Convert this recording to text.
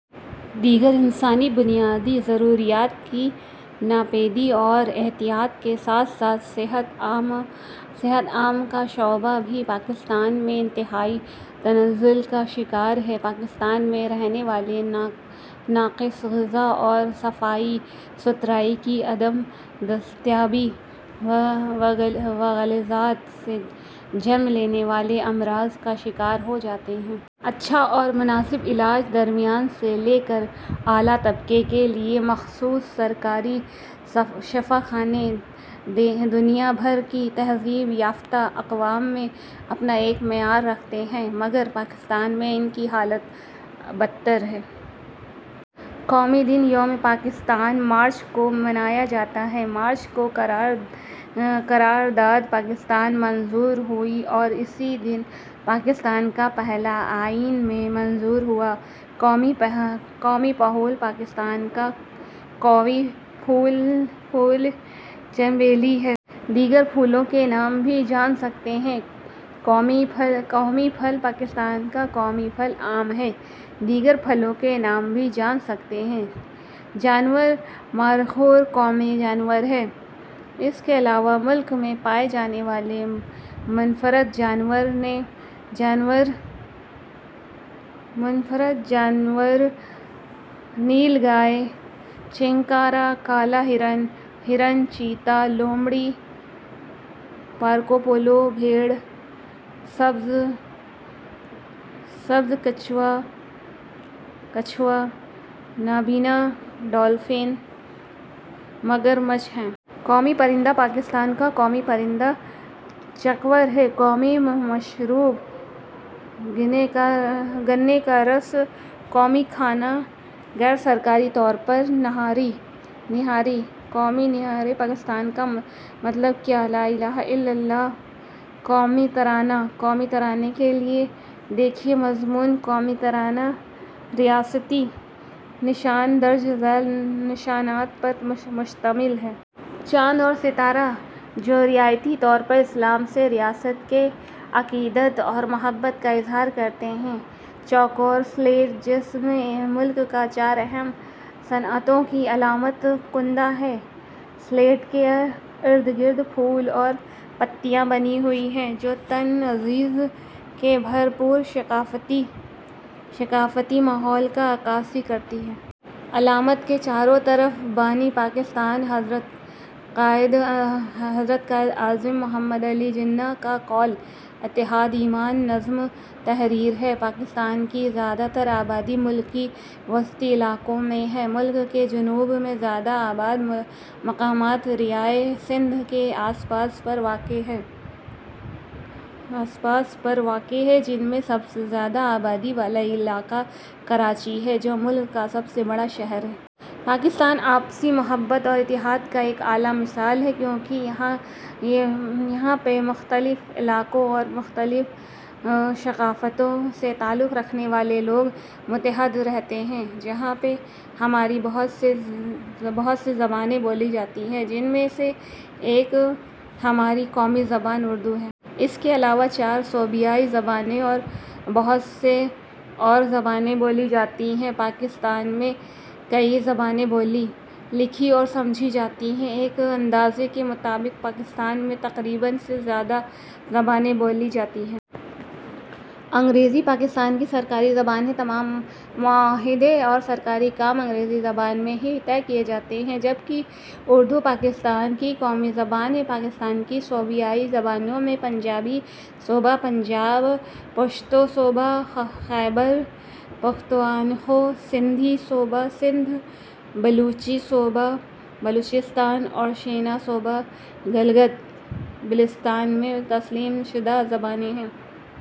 دیگر انسانی بنیادی ضروریات کی ناپیدی اور انحطاط کے ساتھ ساتھ صحت عامہ کا شعبہ بھی پاکستان میں انتہائی تنزل کا شکار ہے۔ پاکستان میں رہنے والے ناقص غذا اور صفائی ستھرائی کی عدم دستیابی و غلاظت سے جنم لینے والے امراض کا شکار ہو جاتے ہیں۔ اچھا اور مناسب علاج درمیانے سے لے کر اعلیٰ طبقے کے ليے مخصوص ہے۔ سرکاری شفاخانے دنیا بھر کی تہذیب یافتہ اقوام میں اپنا ایک معیار رکھتے ہیں مگر پاکستان میں ان کی حالت ابتر ہے۔ قومی دن – یوم پاکستان ، مارچ کو منایا جاتا ہے۔ مارچ کو قرار داد پاکستان منظور ہوئی اور اسی دن پاکستان کا پہلا آئین ء میں منظور ہوا۔ قومی پھول پاکستان کا قوی پھول چنبیلی ہے۔ دیگر پھولوں کے نام بھی جان سکتے ہیں۔ قومی پھل پاکستان کا قومی پھل آم ہے۔ دیگر پھلوں کے نام بھی جان سکتے ہیں۔ جانور – مارخور قومی جانور ہے۔ اس کے علاوہ ملک میں پائے جانے والے منفرد جانور نیل گائے ، چنکارہ ، کالا ہرن ، ہرن ، چیتا ، لومڑی ، مارکوپولو بھیڑ ، سبز کچھوا ، نابینا ڈولفن ، مگرمچھ ہیں۔ قومی پرندہ پاکستان کا قومی پرندہ چکور ہے۔ قومی مشروب – گنے کا رس قومی کھانا غیر سرکاری طور پر نہاری ۔ قومی نعرہ پاکستان کا مطلب کیا؟ لَآ اِلٰہَ اِلَّا اللہُ قومی ترانہ قومی ترانے کے لیے دیکھیں مضمون قومی ترانہ ریاستی نشان درج ذیل نشانات پر مشتمل ہے۔ چاند اور ستارہ جو روایتی طور پر اسلام سے ریاست کی عقیدت اور محبت کا اظہار کرتے ہیں۔ چوکور شیلڈ جس میں ملک کی چار اہم صنعتوں کی علامت کندہ ہے۔ شیلڈ کے اردگرد پھول اور پتیاں بنی ہوئی ہیں جو وطن عزیز کے بھر پور ثقافتی ماحول کی عکاسی کرتی ہیں۔ علامت کے چاروں طرف بانی پاکستان حضرت قائد اعظم محمد علی جناح کا قول۔۔۔ اتحاد، ایمان، نظم تحریر ہے۔ پاکستان کی زیادہ تر آبادی ملک کی وسطی علاقوں میں ہے، ملک کے جنوب میں زیادہ آباد مقامات اکثر دریائے سندھ کے آس پاس پر واقع ہے جن میں سب سے زیادہ آبادی والا علاقہ کراچی ہے جو ملک کا سب سے بڑا شہر ہے۔ پاکستان آپسی محبت اور اتحاد کا ایک اعلیٰ مثال ہے کیونکہ یہاں پہ مختلف علاقوں اور مختلف ثقافتوں سے تعلق رکھنے والے لوگ متحد رہتے ہیں۔ جہاں پہ ہماری بہت سے زبانیں بولی جاتی ہیں جن میں سے ایک ہماری قومی زبان اردو ہے۔ اس کے علاوہ چار صوبائی زبانیں اور بہت سے اور زبانیں بولی جاتی ہیں۔ پاکستان میں کئیی زبانیں بولی، لکھی اور سمجھی جاتی ہیں۔ ایک اندازے کے مطابق پاکستان میں تقریباً سے زیادہ زبانیں بولی جاتی ہیں۔ انگریزی پاکستان کی سرکاری زبان ہے، تمام معاہدے اور سرکاری کام انگریزی زبان میں ہی طے کیے جاتے ہیں، جبکہ اردو پاکستان کی قومی زبان ہے۔ پاکستان کی صوبائی زبانوں میں پنجابی صوبہ پنجاب ، پشتو صوبہ خیبر پختونخوا ، سندھی صوبہ سندھ ، بلوچی صوبہ بلوچستان اور شینا صوبہ گلگت بلتستان میں تسلیم شدہ زبانیں ہیں۔